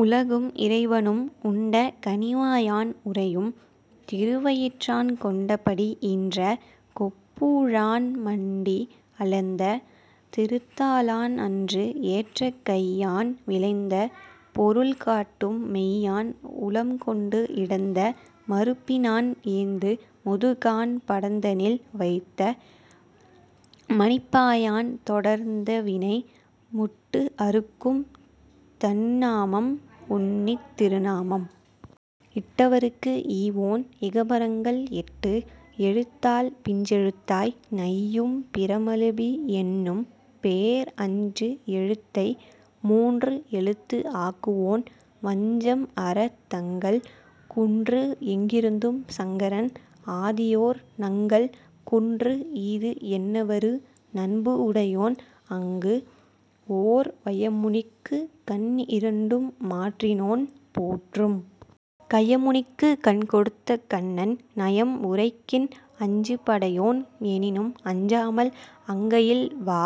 உலகும் இறைவனும் உண்ட கனிவாயான் உறையும் திருவயிற்றான் கொண்டபடி ஈன்ற கொப்பூழான் மண்டி அளந்த திருத்தாளான் அன்று ஏற்ற கையான் விளைந்த பொருள் காட்டும் மெய்யான் உளம்கொண்டு இடந்த மருப்பினான் ஏந்து முதுகான் படந்தனில் வைத்த மணிப்பாயான் தொடர்ந்தவினை முட்டு அறுக்கும் தன்நாமம் உன்னித் திருநாமம் இட்டவருக்கு ஈவோன் இகபரங்கள் எட்டு எழுத்தால் பிஞ்செழுத்தாய் நையும் பிரமலிபி என்னும் பேர் அஞ்சு எழுத்தை மூன்று எழுத்து ஆக்குவோன் வஞ்சம் அறத் தங்கள் குன்று எங்கிருந்தும் சங்கரன் ஆதியோர் நங்கள் குன்று ஈது என்னவரு நண்புஉடையோன் அங்கு ஓர் வயமுனிக்குக் கண்இரண்டும் மாற்றினோன் போற்றும் கயமுனிக்குக் கண்கொடுத்த கண்ணன் நயம் உரைக்கின் அஞ்சுபடையோன் எனினும் அஞ்சாமல் அங்கையில் வா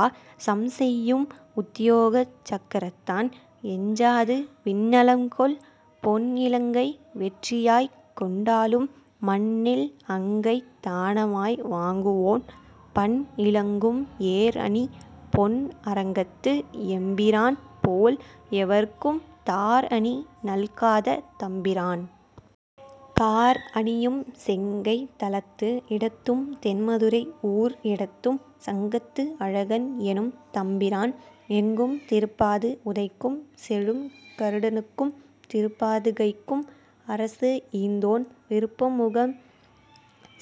சம்செய்யும் உத்யோகச் சக்கரத்தான் எஞ்சாது விண்நலம்கொள் பொன்இலங்கை வெற்றியாய்க் கொண்டாலும் மண்ணில் அங்கைத் தானமாய் வாங்குவோன் பண் இலங்கும் ஏர்அணி பொன் அரங்கத்து எம்பிரான் போல் எவர்க்கும் தார்அணி நல்காத தம்பிரான் கார் அணியும் செங்கைத் தலத்து இடத்தும் தென்மதுரை ஊர் இடத்தும் சங்கத்து அழகன் எனும் தம்பிரான் எங்கும் திருப்பாது உதைக்கும் செழும் கருடனுக்கும் திருப்பாதுகைக்கும் அரசு ஈந்தோன் விருப்பமுகம்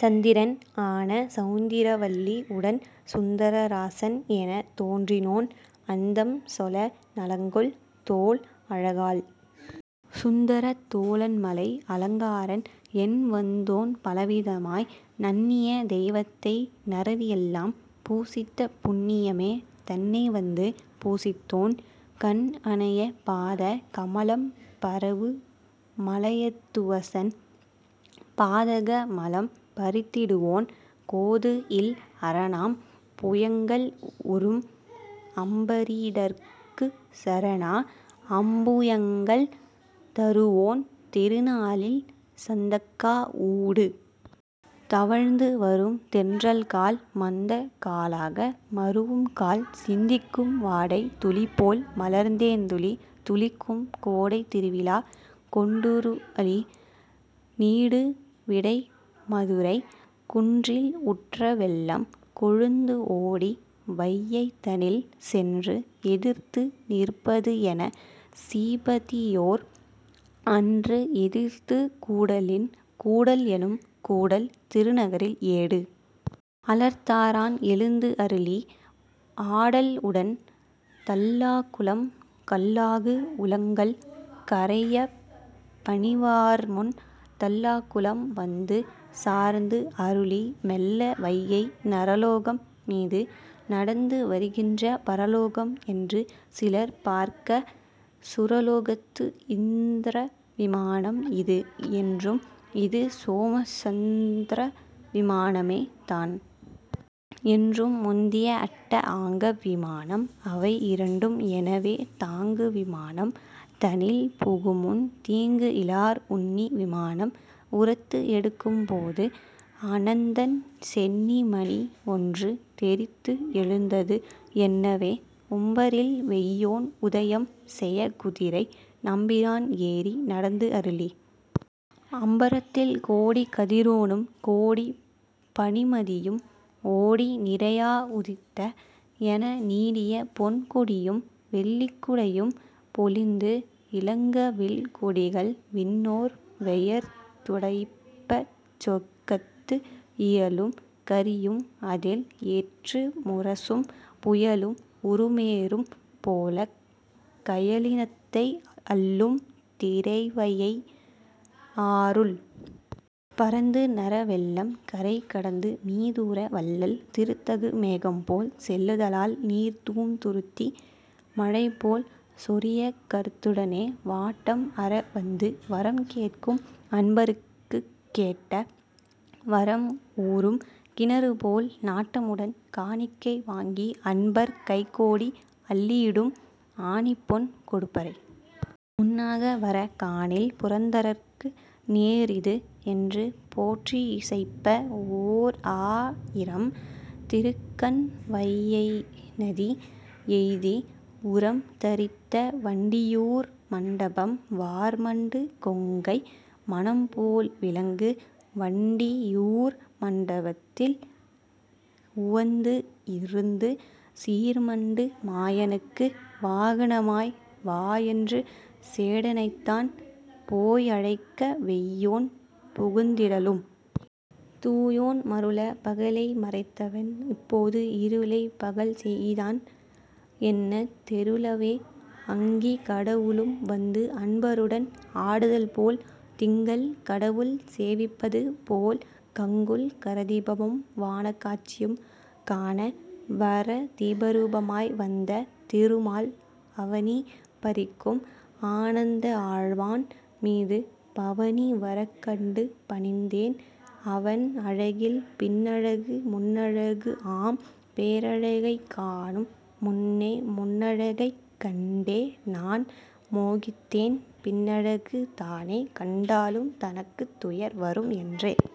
சந்திரன் ஆன சவுந்திரவல்லி உடன் சுந்தரராசன் எனத் தோன்றினோன் அந்தம் சொல நலங்கொள் தோள் அழகால் சுந்தரத் தோளன்மலை அலங்காரன் என் வந்தோன் பலவிதமாய் நண்ணிய தெய்வத்தை நரவிஎல்லாம் பூசித்த புண்ணியமே தன்னைவந்து பூசித்தோன் கண் அனைய பாத கமலம் பரவு மலயத்துவசன் பாதக மலம் பறித்திடுவோன் கோதுஇல் அரணாம் புயங்கள் உறும் அம்பரீடற்குச் சரணா அம்புயங்கள் தருவோன் திருநாளில் சந்தக்கா ஊடு தவழ்ந்து வரும் தென்றல்கால் மந்தக் காலாக மருவும்கால் சிந்திக்கும் வாடைத் துளிபோல் மலர்த்தேன்துளி துளிக்கும் கோடைத் திருவிழாக் கொண்டுருஅளி நீடு விடைக் மதுரை குன்றில் உற்ற வெள்ளம் கொழுந்துஓடி வையைதனில் சென்று எதிர்த்து நிற்பதுஎனச் சீபதியோர் அன்று எதிர்த்துக் கூடலின் கூடல்எனும் கூடல் திருநகரில் ஏடு அலர் தாரான் எழுந்துஅருளி ஆடல்உடன் தல்லாகுளம் கல்லாகு உளங்கள் கரையப் பணிவார்முன் தல்லாகுளம் வந்து சார்ந்து அருளி மெல்ல வையை நரலோகம் மீது நடந்து வருகின்ற பரலோகம் என்று சிலர் பார்க்கச் சுரலோகத்து இந்த்ர விமானம் இது என்றும் இது சோமச் சந்த்ர விமானமே தான் என்றும் முந்திய அட்ட ஆங்க விமானம் அவை இரண்டும் எனவே தாங்கு விமானம் தனில் புகுமுன் தீங்குஇலார் உன்னி விமானம் உரத்து எடுக்கும் போது அனந்தன் சென்னி மணி ஒன்று தெறித்து எழுந்தது என்னவே உம்பரில் வெய்யோன் உதயம் செயக் குதிரை நம்பிரான் ஏறி நடந்துஅருளி அம்பரத்தில் கோடி கதிரோனும் கோடி பனிமதியும் ஓடி நிறையா உதித்த என நீடிய பொன் கொடியும் வெள்ளிக்குடையும் பொலிந்து இலங்க வில் கொடிகள் விண்ணோர் வெயர் துடைப்பச் சொற்கத்து இயலும் கரியும் அதில் எற்று முரசும் புயலும் உருமேறும் போலக் கயலினத்தை அள்ளும் திரைவையை ஆறுள் பரந்து நர வெள்ளம் கரை கடந்து மீதூர வள்ளல் திருத்தகு மேகம்போல் செல்லுதலால் நீர்தூம் துருத்தி மழைபோல் சொரியக் கருத்துடனே வாட்டம் அற வந்து வரம் கேட்கும் அன்பருக்குக் கேட்ட வரம் ஊறும் கிணறுபோல் நாட்டமுடன் காணிக்கை வாங்கி அன்பர் கைகோடி அள்ளிஇடும் ஆணிப்பொன் கொடுப்பரை முன்னாக வரக் காணில் புரந்தரற்கு நேர்இது என்று போற்றிஇசைப்ப ஓர்ஆ யிரம் திருக்கண் வையைநதி எய்தி உரம் தரித்த வண்டியூர் மண்டபம் வார்மண்டு கொங்கை மனம்போல் விலங்கு வண்டி யூர் மண்டபத்தில் உவந்து இருந்து சீர்மண்டு மாயனுக்கு வாகனமாய் வாஎன்று சேடனைத்தான் போய்அழைக்க வெய்யோன் புகுந்திடலும் தூயோன் மருளப் பகலை மறைத்தவன் இப்போது இருளைப் பகல் செஇதான் என்னத் தெருளவே அங்கிக் கடவுளும் வந்து அன்பருடன் ஆடுதல்போல் திங்கள் கடவுள் சேவிப்பது போல் கங்குல் கரதீபமும் வாணக் காட்சியும் காண வர தீபரூபமாய் வந்த திருமால் அவனி பரிக்கும் அனந்தஆழ்வான் மீது பவனி வரக்கண்டு பணிந்தேன் அவன் அழகில் பின்னழகு முன்னழகுஆம் பேரழகைக் காணும் முன்னே முன்னழகைக் கண்டே நான் மோகித்தேன் பின்னழகு தானே கண்டாலும் தனக்குத் துயர் வரும் என்றே